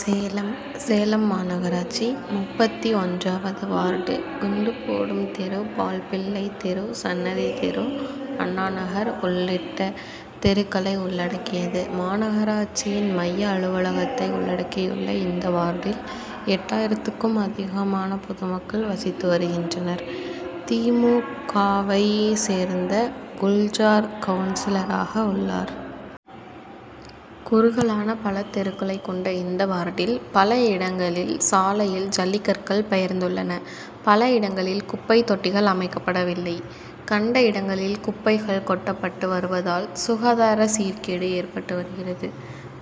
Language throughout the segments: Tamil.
சேலம் சேலம் மாநகராட்சி முப்பத்தி ஒன்றாவது வார்டு குண்டு போடும் தெரு பால்பிள்ளை தெரு சன்னதி தெரு அண்ணாநகர் உள்ளிட்ட தெருக்களை உள்ளடக்கியது. மாநகராட்சியின் மைய அலுவலகத்தை உள்ளடக்கியுள்ள இந்த வார்டில் எட்டாயிரத்துக்கும் அதிகமான பொதுமக்கள் வசித்து வருகின்றனர். தி. மு. க.வை சேர்ந்த குல்ஜார் கவுன்சிலராக உள்ளார். குறுகலான பல தெருக்களை கொண்ட இந்த வார்டில் பல இடங்களில் சாலையில் ஜல்லிக்கற்கள் பெயர்ந்துள்ளன. பல இடங்களில் குப்பை தொட்டிகள் அமைக்கப்படவில்லை. கண்ட இடங்களில் குப்பைகள் கொட்டப்பட்டு வருவதால் சுகாதார சீர்கேடு ஏற்பட்டு வருகிறது.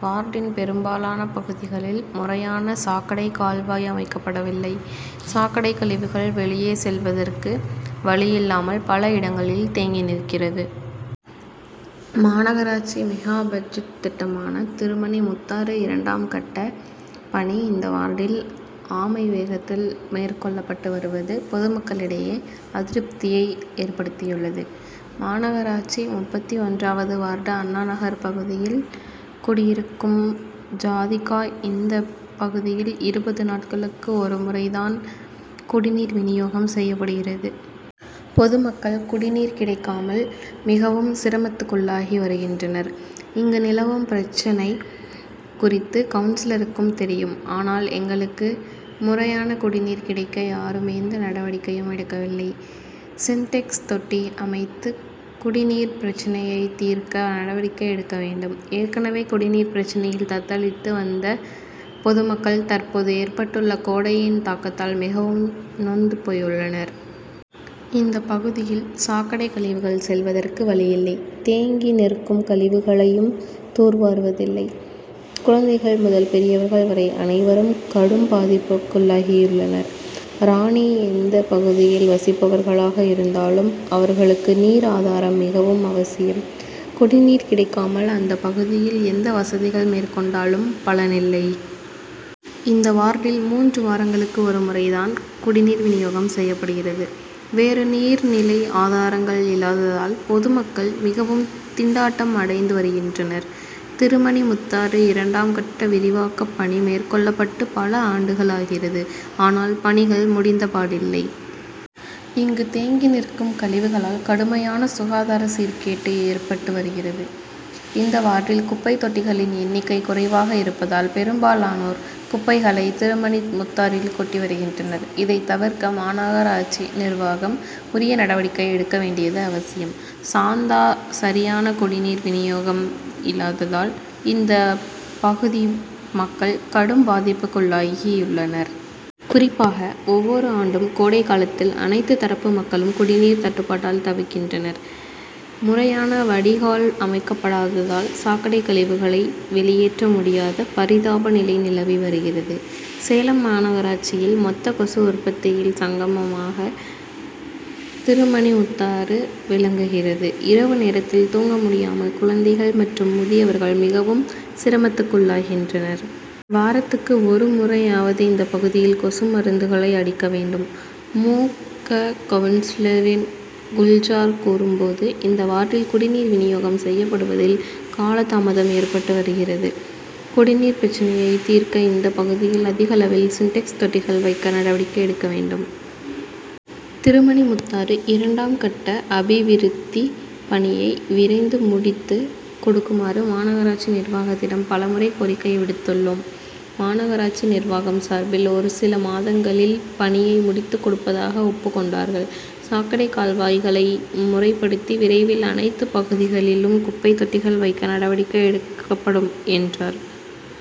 வார்டின் பெரும்பாலான பகுதிகளில் முறையான சாக்கடை கால்வாய் அமைக்கப்படவில்லை. சாக்கடை கழிவுகள் வெளியே செல்வதற்கு வழியில்லாமல் பல இடங்களில் தேங்கி நிற்கிறது. மாநகராட்சி மெகாபட்ஜெட் திட்டமான திருமணி முத்தாறு இரண்டாம் கட்ட பணி இந்த வார்டில் ஆமை வேகத்தில் மேற்கொள்ளப்பட்டு வருவது பொதுமக்கள் இடையே அதிருப்தியை ஏற்படுத்தியுள்ளது. மாநகராட்சி முப்பத்தி ஒன்றாவது வார்டு அண்ணாநகர் பகுதியில் குடியிருக்கும் ஜாகிதா இந்த பகுதியில் இருபது நாட்களுக்கு ஒரு முறை தான் குடிநீர் விநியோகம் செய்யப்படுகிறது. பொதுமக்கள் குடிநீர் கிடைக்காமல் மிகவும் சிரமத்துக்குள்ளாகி வருகின்றனர். இங்கு நிலவும் பிரச்னை குறித்து கவுன்சிலருக்கும் தெரியும். ஆனால் எங்களுக்கு முறையான குடிநீர் கிடைக்க யாரும் எந்த நடவடிக்கையும் எடுக்கவில்லை. சின்டெக்ஸ் தொட்டி அமைத்து குடிநீர் பிரச்னையை தீர்க்க நடவடிக்கை எடுக்க வேண்டும். ஏற்கனவே குடிநீர் பிரச்னையில் தத்தளித்து வந்த பொதுமக்கள் தற்போது ஏற்பட்டுள்ள கோடையின் தாக்கத்தால் மிகவும் நொந்து போயுள்ளனர். இந்த பகுதியில் சாக்கடை கழிவுகள் செல்வதற்கு வழியில்லை. தேங்கி நிற்கும் கழிவுகளையும் தூர்வாருவதில்லை. குழந்தைகள் முதல் பெரியவர்கள் வரை அனைவரும் கடும் பாதிப்புக்குள்ளாகியுள்ளனர். ராணி எந்த பகுதியில் வசிப்பவர்களாக இருந்தாலும் அவர்களுக்கு நீர் ஆதாரம் மிகவும் அவசியம். குடிநீர் கிடைக்காமல் அந்த பகுதியில் எந்த வசதிகள் மேற்கொண்டாலும் பலன் இல்லை. இந்த வார்டில் மூன்று வாரங்களுக்கு ஒரு முறை தான் குடிநீர் விநியோகம் செய்யப்படுகிறது. வேறு நீர் நிலை ஆதாரங்கள் இல்லாததால் பொதுமக்கள் மிகவும் திண்டாட்டம் அடைந்து வருகின்றனர். திருமணி முத்தாறு இரண்டாம் கட்ட விரிவாக்க பணி மேற்கொள்ளப்பட்டு பல ஆண்டுகள் ஆகிறது. ஆனால் பணிகள் முடித்தப்பாடில்லை. இங்கு தேங்கி நிற்கும் கழிவுகளால் கடுமையான சுகாதார சீர்கேடு ஏற்பட்டு வருகிறது. இந்த வார்டில் குப்பை தொட்டிகளின் எண்ணிக்கை குறைவாக இருப்பதால் பெரும்பாலோனோர் குப்பைகளை திருமணி முத்தாற்றில் கொட்டி வருகின்றனர். இதை தவிர்க்க மாநகராட்சி நிர்வாகம் உரிய நடவடிக்கை எடுக்க வேண்டியது அவசியம். சாந்தா சரியான குடிநீர் விநியோகம் இல்லாததால் இந்த பகுதி மக்கள் கடும் பாதிப்புக்குள்ளாகியுள்ளனர். குறிப்பாக ஒவ்வொரு ஆண்டும் கோடை காலத்தில் அனைத்து தரப்பு மக்களும் குடிநீர் தட்டுப்பாட்டால் தவிக்கின்றனர். முறையான வடிகால் அமைக்கப்படாததால் சாக்கடை கழிவுகளை வெளியேற்ற முடியாத பரிதாப நிலை நிலவி வருகிறது. சேலம் மாநகராட்சியில் மொத்த கொசு உற்பத்தியில் சங்கமமாக திருமணி முத்தாறு விளங்குகிறது. இரவு நேரத்தில் தூங்க முடியாமல் குழந்தைகள் மற்றும் முதியவர்கள் மிகவும் சிரமத்துக்குள்ளாகின்றனர். வாரத்துக்கு ஒரு முறையாவது இந்த பகுதியில் கொசு மருந்துகளை அடிக்க வேண்டும். மு. க. கவுன்சிலர் குல்ஜார் கூறும்போது இந்த வார்டில் குடிநீர் விநியோகம் செய்யப்படுவதில் காலதாமதம் ஏற்பட்டு வருகிறது. குடிநீர் பிரச்னையை தீர்க்க இந்த பகுதியில் அதிகளவில் சின்டெக்ஸ் தொட்டிகள் வைக்க நடவடிக்கை எடுக்கப்படும். திருமணி முத்தாறு இரண்டாம் கட்ட அபிவிருத்தி பணியை விரைந்து முடித்து கொடுக்குமாறு மாநகராட்சி நிர்வாகத்திடம் பல முறை கோரிக்கை விடுத்துள்ளோம். மாநகராட்சி நிர்வாகம் சார்பில் ஒரு சில மாதங்களில் பணியை முடித்து கொடுப்பதாக ஒப்புக்கொண்டுள்ளனர். சாக்கடை கால்வாய்களை முறைப்படுத்தி விரைவில் அனைத்து பகுதிகளிலும் குப்பை தொட்டிகள் வைக்க நடவடிக்கை எடுக்கப்படும் என்றார்.